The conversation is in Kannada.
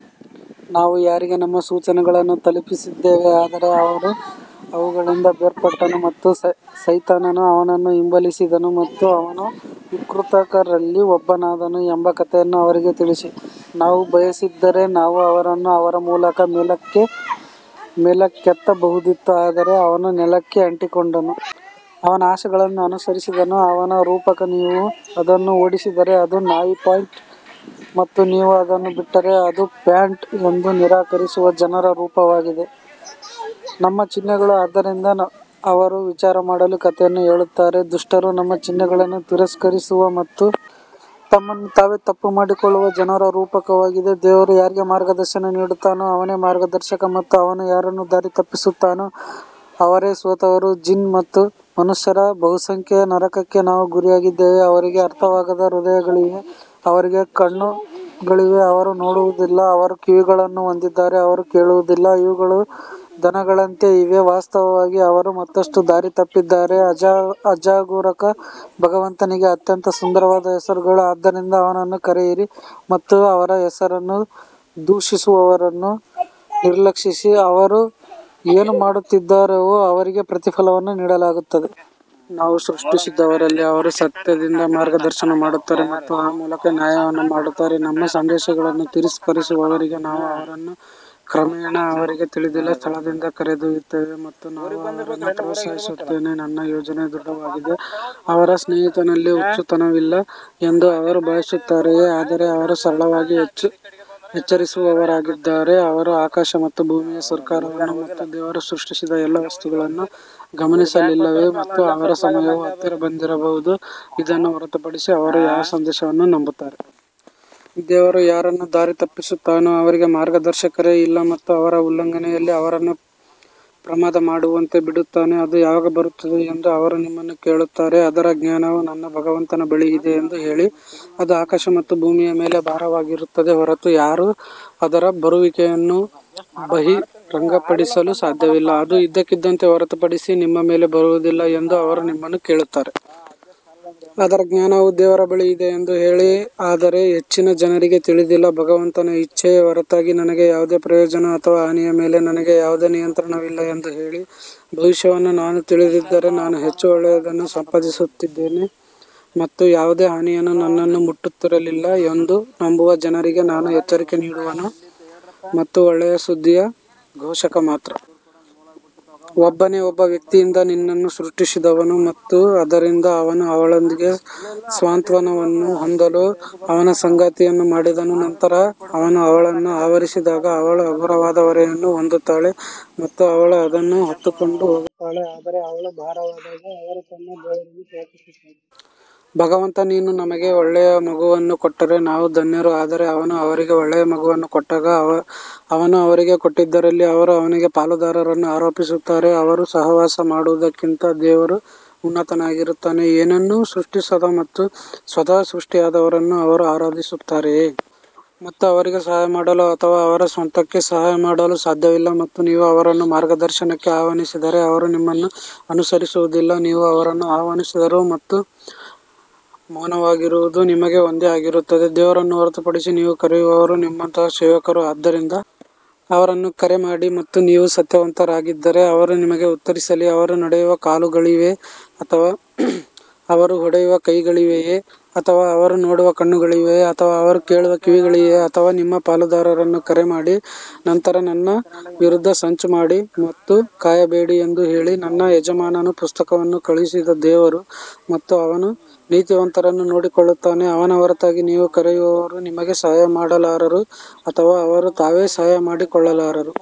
ನಾವು ಯಾರಿಗೆ ನಮ್ಮ ಸೂಚನೆಗಳನ್ನು ತಲುಪಿಸಿದ್ದೇವೆ ಆದರೆ ಅವನು ಅವುಗಳಿಂದ ಬೇರ್ಪಟ್ಟನು ಮತ್ತು ಸೈತಾನನು ಅವನನ್ನು ಹಿಂಬಾಲಿಸಿದನು ಮತ್ತು ಅವನು ವಿಕೃತಕರಲ್ಲಿ ಒಬ್ಬನಾದನು ಎಂಬ ಕಥೆಯನ್ನು ಅವರಿಗೆ ತಿಳಿಸಿ. ನಾವು ಬಯಸಿದ್ದರೆ ನಾವು ಅವರನ್ನು ಅವರ ಮೂಲಕ ಮೇಲಕ್ಕೆತ್ತಬಹುದಿತ್ತು ಆದರೆ ಅವನು ನೆಲಕ್ಕೆ ಅಂಟಿಕೊಂಡನು ಮತ್ತು ಅವನ ಆಸೆಗಳನ್ನು ಅನುಸರಿಸಿದನು ಅವನ ರೂಪಕ ನೀವು ಅದನ್ನು ಓಡಿಸಿದರೆ ಅದು ನಾಯಿ ಪ್ಯಾಂಟ್ ಮತ್ತು ನೀವು ಅದನ್ನು ಬಿಟ್ಟರೆ ಅದು ಪ್ಯಾಂಟ್ ಎಂದು ನಿರಾಕರಿಸುವ ಜನರ ರೂಪಕವಾಗಿದೆ ನಮ್ಮ ಚಿಹ್ನೆಗಳು ಆದ್ದರಿಂದ ಅವರು ವಿಚಾರಮಾಡಲು ಕಥೆಯನ್ನು ಹೇಳುತ್ತಾರೆ ದುಷ್ಟರು ನಮ್ಮ ಚಿಹ್ನೆಗಳನ್ನು ತಿರಸ್ಕರಿಸುವ ಮತ್ತು ತಮ್ಮನ್ನು ತಾವೇ ತಪ್ಪುಮಾಡಿಕೊಳ್ಳುವ ಜನರ ರೂಪಕವಾಗಿದೆ ದೇವರು ಯಾರಿಗೆ ಮಾರ್ಗದರ್ಶನ ನೀಡುತ್ತಾನೋ ಅವನೇ ಮಾರ್ಗದರ್ಶಕ ಮತ್ತು ಅವನು ಯಾರನ್ನು ದಾರಿ ತಪ್ಪಿಸುತ್ತಾನೋ ಅವರೇ ಸೋತವರು ಜಿನ್ ಮತ್ತು ಮನುಷ್ಯರ ಬಹುಸಂಖ್ಯೆಯ ನರಕಕ್ಕೆ ನಾವು ಗುರಿಯಾಗಿದ್ದೇವೆ ಅವರಿಗೆ ಅರ್ಥವಾಗದ ಹೃದಯಗಳಿವೆ ಅವರಿಗೆ ಕಣ್ಣುಗಳಿವೆ ಅವರು ನೋಡುವುದಿಲ್ಲ ಅವರು ಕಿವಿಗಳನ್ನು ಹೊಂದಿದ್ದಾರೆ ಅವರು ಕೇಳುವುದಿಲ್ಲ ಇವುಗಳು ದನಗಳಂತೆ ಇವೆ ವಾಸ್ತವವಾಗಿ ಅವರು ಮತ್ತಷ್ಟು ದಾರಿತಪ್ಪಿದ್ದಾರೆ ಅಜಾಗರೂಕ ಭಗವಂತನಿಗೆ ಅತ್ಯಂತ ಸುಂದರವಾದ ಹೆಸರುಗಳು, ಆದ್ದರಿಂದ ಅವನನ್ನು ಕರೆಯಿರಿ ಮತ್ತು ಅವನ ಹೆಸರನ್ನು ದೂಷಿಸುವವರನ್ನು ನಿರ್ಲಕ್ಷಿಸಿ ಅವರು ಏನು ಮಾಡುತ್ತಿದ್ದಾರೋ ಅವರಿಗೆ ಪ್ರತಿಫಲವನ್ನು ನೀಡಲಾಗುತ್ತದೆ. ನಾವು ಸೃಷ್ಟಿಸಿದವರಲ್ಲಿ ಅವರು ಸತ್ಯದಿಂದ ಮಾರ್ಗದರ್ಶನ ಮಾಡುತ್ತಾರೆ ಮತ್ತು ಆ ಮೂಲಕ ನ್ಯಾಯವನ್ನು ಮಾಡುತ್ತಾರೆ ನಮ್ಮ ಸಂದೇಶಗಳನ್ನು ತಿರಸ್ಕರಿಸುವವರಿಗೆ ನಾವು ಅವರನ್ನು ಕ್ರಮೇಣ ಅವರಿಗೆ ತಿಳಿದಿಲ್ಲದ ಸ್ಥಳದಿಂದ ಕರೆದೊಯ್ಯುತ್ತೇವೆ ಮತ್ತು ನಾನು ಅವರನ್ನು ಪ್ರೋತ್ಸಾಹಿಸುತ್ತೇನೆ ನನ್ನ ಯೋಜನೆ ದೃಢವಾಗಿದೆ ಅವರ ಸ್ನೇಹಿತನಲ್ಲಿ ಹುಚ್ಚುತನವಿಲ್ಲ ಎಂದು ಅವರು ಭಾವಿಸುತ್ತಾರೆಯೇ ಆದರೆ ಅವರು ಸರಳವಾಗಿ ಎಚ್ಚರಿಸುವವರಾಗಿದ್ದಾರೆ ಅವರು ಆಕಾಶ ಮತ್ತು ಭೂಮಿಯ ಸರ್ಕಾರವನ್ನು ಮತ್ತು ದೇವರು ಸೃಷ್ಟಿಸಿದ ಎಲ್ಲಾ ವಸ್ತುಗಳನ್ನು ಗಮನಿಸಲಿಲ್ಲವೇ ಮತ್ತು ಅವರ ಸಮಯವು ಹತ್ತಿರ ಬಂದಿರಬಹುದು ಇದನ್ನು ಹೊರತುಪಡಿಸಿ ಅವರು ಯಾವ ಸಂದೇಶವನ್ನು ನಂಬುತ್ತಾರೆ? ದೇವರು ಯಾರನ್ನು ದಾರಿತಪ್ಪಿಸುತ್ತಾನೋ ಅವರಿಗೆ ಮಾರ್ಗದರ್ಶಕರೇ ಇಲ್ಲ ಮತ್ತು ಅವರ ಉಲ್ಲಂಘನೆಯಲ್ಲಿ ಅವರನ್ನು ಪ್ರಮಾದ ಮಾಡುವಂತೆ ಬಿಡುತ್ತಾನೆ ಅದು ಯಾವಾಗ ಬರುತ್ತದೆ ಎಂದು ಅವರು ನಿಮ್ಮನ್ನು ಕೇಳುತ್ತಾರೆ, ಅದರ ಜ್ಞಾನವು ನನ್ನ ಭಗವಂತನ ಬಳಿ ಇದೆ ಎಂದು ಹೇಳಿ, ಅದು ಆಕಾಶ ಮತ್ತು ಭೂಮಿಯ ಮೇಲೆ ಭಾರವಾಗಿರುತ್ತದೆ ಹೊರತು ಯಾರೂ ಅದರ ಬರುವಿಕೆಯನ್ನು ಬಹಿರಂಗಪಡಿಸಲು ಸಾಧ್ಯವಿಲ್ಲ, ಅದು ಇದ್ದಕ್ಕಿದ್ದಂತೆ ಹೊರತುಪಡಿಸಿ ನಿಮ್ಮ ಮೇಲೆ ಬರುವುದಿಲ್ಲ ಎಂದು ಅವರು ನಿಮ್ಮನ್ನು ಕೇಳುತ್ತಾರೆ. ಅದರ ಜ್ಞಾನವು ದೇವರ ಬಳಿ ಇದೆ ಎಂದು ಹೇಳಿ ಆದರೆ ಹೆಚ್ಚಿನ ಜನರಿಗೆ ತಿಳಿದಿಲ್ಲ ಭಗವಂತನ ಇಚ್ಛೆಯ ಹೊರತಾಗಿ ನನಗೆ ಯಾವುದೇ ಪ್ರಯೋಜನ ಅಥವಾ ಹಾನಿಯ ಮೇಲೆ ನನಗೆ ಯಾವುದೇ ನಿಯಂತ್ರಣವಿಲ್ಲ ಎಂದು ಹೇಳಿ, ಭವಿಷ್ಯವನ್ನು ನಾನು ತಿಳಿದಿದ್ದರೆ ನಾನು ಹೆಚ್ಚು ಒಳ್ಳೆಯದನ್ನು ಸಂಪಾದಿಸುತ್ತಿದ್ದೆ ಮತ್ತು ಯಾವುದೇ ಹಾನಿ ನನ್ನನ್ನು ಮುಟ್ಟುತ್ತಿರಲಿಲ್ಲ ಎಂದು ನಂಬುವ ಜನರಿಗೆ ನಾನು ಎಚ್ಚರಿಕೆ ನೀಡುವವನು ಮತ್ತು ಒಳ್ಳೆಯ ಸುದ್ದಿಯ ಘೋಷಕ ಮಾತ್ರ. ಒಬ್ಬನೇ ಒಬ್ಬ ವ್ಯಕ್ತಿಯಿಂದ ನಿನ್ನನ್ನು ಸೃಷ್ಟಿಸಿದವನು ಮತ್ತು ಅದರಿಂದ ಅವನು ಅವಳೊಂದಿಗೆ ಸಾಂತ್ವನವನ್ನು ಹೊಂದಲು ಅವನ ಸಂಗಾತಿಯನ್ನು ಮಾಡಿದನು ನಂತರ ಅವನು ಅವಳನ್ನು ಆವರಿಸಿದಾಗ ಅವಳು ಹಗುರವಾದ ಹೊರೆಯನ್ನು ಹೊಂದುತ್ತಾಳೆ ಮತ್ತು ಅವಳು ಅದನ್ನು ಹೊತ್ತುಕೊಂಡು ಹೋಗುತ್ತಾಳೆ ಆದರೆ ಅವಳು ಭಾರವಾದಾಗ ಅವರು ತಮ್ಮ ದೇವರನ್ನು ಪ್ರಾರ್ಥಿಸುತ್ತಾರೆ. ಭಗವಂತ ನೀನು ನಮಗೆ ಒಳ್ಳೆಯ ಮಗುವನ್ನು ಕೊಟ್ಟರೆ ನಾವು ಧನ್ಯರು ಆದರೆ ಅವನು ಅವರಿಗೆ ಒಳ್ಳೆಯ ಮಗುವನ್ನು ಕೊಟ್ಟಾಗ ಅವನು ಅವರಿಗೆ ಕೊಟ್ಟಿದ್ದರಲ್ಲಿ ಅವರು ಅವನಿಗೆ ಪಾಲುದಾರರನ್ನು ಆರೋಪಿಸುತ್ತಾರೆ, ಅವರು ಸಹವಾಸ ಮಾಡುವದಕ್ಕಿಂತ ದೇವರು ಉನ್ನತನಾಗಿರುತ್ತಾನೆ. ಏನನ್ನೂ ಸೃಷ್ಟಿಸದ ಮತ್ತು ಸ್ವತಃ ಸೃಷ್ಟಿಯಾದವರನ್ನು ಅವರು ಆರಾಧಿಸುತ್ತಾರೆಯೇ? ಮತ್ತು ಅವರಿಗೆ ಸಹಾಯ ಮಾಡಲು ಅಥವಾ ಅವರ ಸ್ವಂತಕ್ಕೆ ಸಹಾಯ ಮಾಡಲು ಸಾಧ್ಯವಿಲ್ಲ ಮತ್ತು ನೀವು ಅವರನ್ನು ಮಾರ್ಗದರ್ಶನಕ್ಕೆ ಆಹ್ವಾನಿಸಿದರೆ ಅವರು ನಿಮ್ಮನ್ನು ಅನುಸರಿಸುವುದಿಲ್ಲ ನೀವು ಅವರನ್ನು ಆಹ್ವಾನಿಸಿದರೂ ಅಥವಾ ಮೌನವಾಗಿರುವುದು ನಿಮಗೆ ಒಂದೇ ಆಗಿರುತ್ತದೆ. ದೇವರನ್ನು ಹೊರತುಪಡಿಸಿ ನೀವು ಕರೆಯುವವರು ನಿಮ್ಮಂತಹ ಸೇವಕರು ಆದ್ದರಿಂದ ಅವರನ್ನು ಕರೆ ಮಾಡಿ ಮತ್ತು ನೀವು ಸತ್ಯವಂತರಾಗಿದ್ದರೆ ಅವರು ನಿಮಗೆ ಉತ್ತರಿಸಲಿ ಅವರು ನಡೆಯುವ ಕಾಲುಗಳಿವೆಯೇ ಅಥವಾ ಅವರು ಹೊಡೆಯುವ ಕೈಗಳಿವೆಯೇ ಅಥವಾ ಅವರು ನೋಡುವ ಕಣ್ಣುಗಳಿವೆಯೇ ಅಥವಾ ಅವರು ಕೇಳುವ ಕಿವಿಗಳಿವೆಯೇ ಅಥವಾ ನಿಮ್ಮ ಪಾಲುದಾರರನ್ನು ಕರೆ ಮಾಡಿ ನಂತರ ನನ್ನ ವಿರುದ್ಧ ಸಂಚು ಮಾಡಿ ಮತ್ತು ಕಾಯಬೇಡಿ ಎಂದು ಹೇಳಿ ನನ್ನ ಯಜಮಾನನು ಪುಸ್ತಕವನ್ನು ಕಳುಹಿಸಿದ ದೇವರು ಮತ್ತು ಅವನು ನೀತಿವಂತರನ್ನು ನೋಡಿಕೊಳ್ಳುತ್ತಾನೆ ಅವನ ಹೊರತಾಗಿ ನೀವು ಕರೆಯುವವರು ನಿಮಗೆ ಸಹಾಯ ಮಾಡಲಾರರು ಅಥವಾ ಅವರು ತಾವೇ ಸಹಾಯ ಮಾಡಿಕೊಳ್ಳಲಾರರು.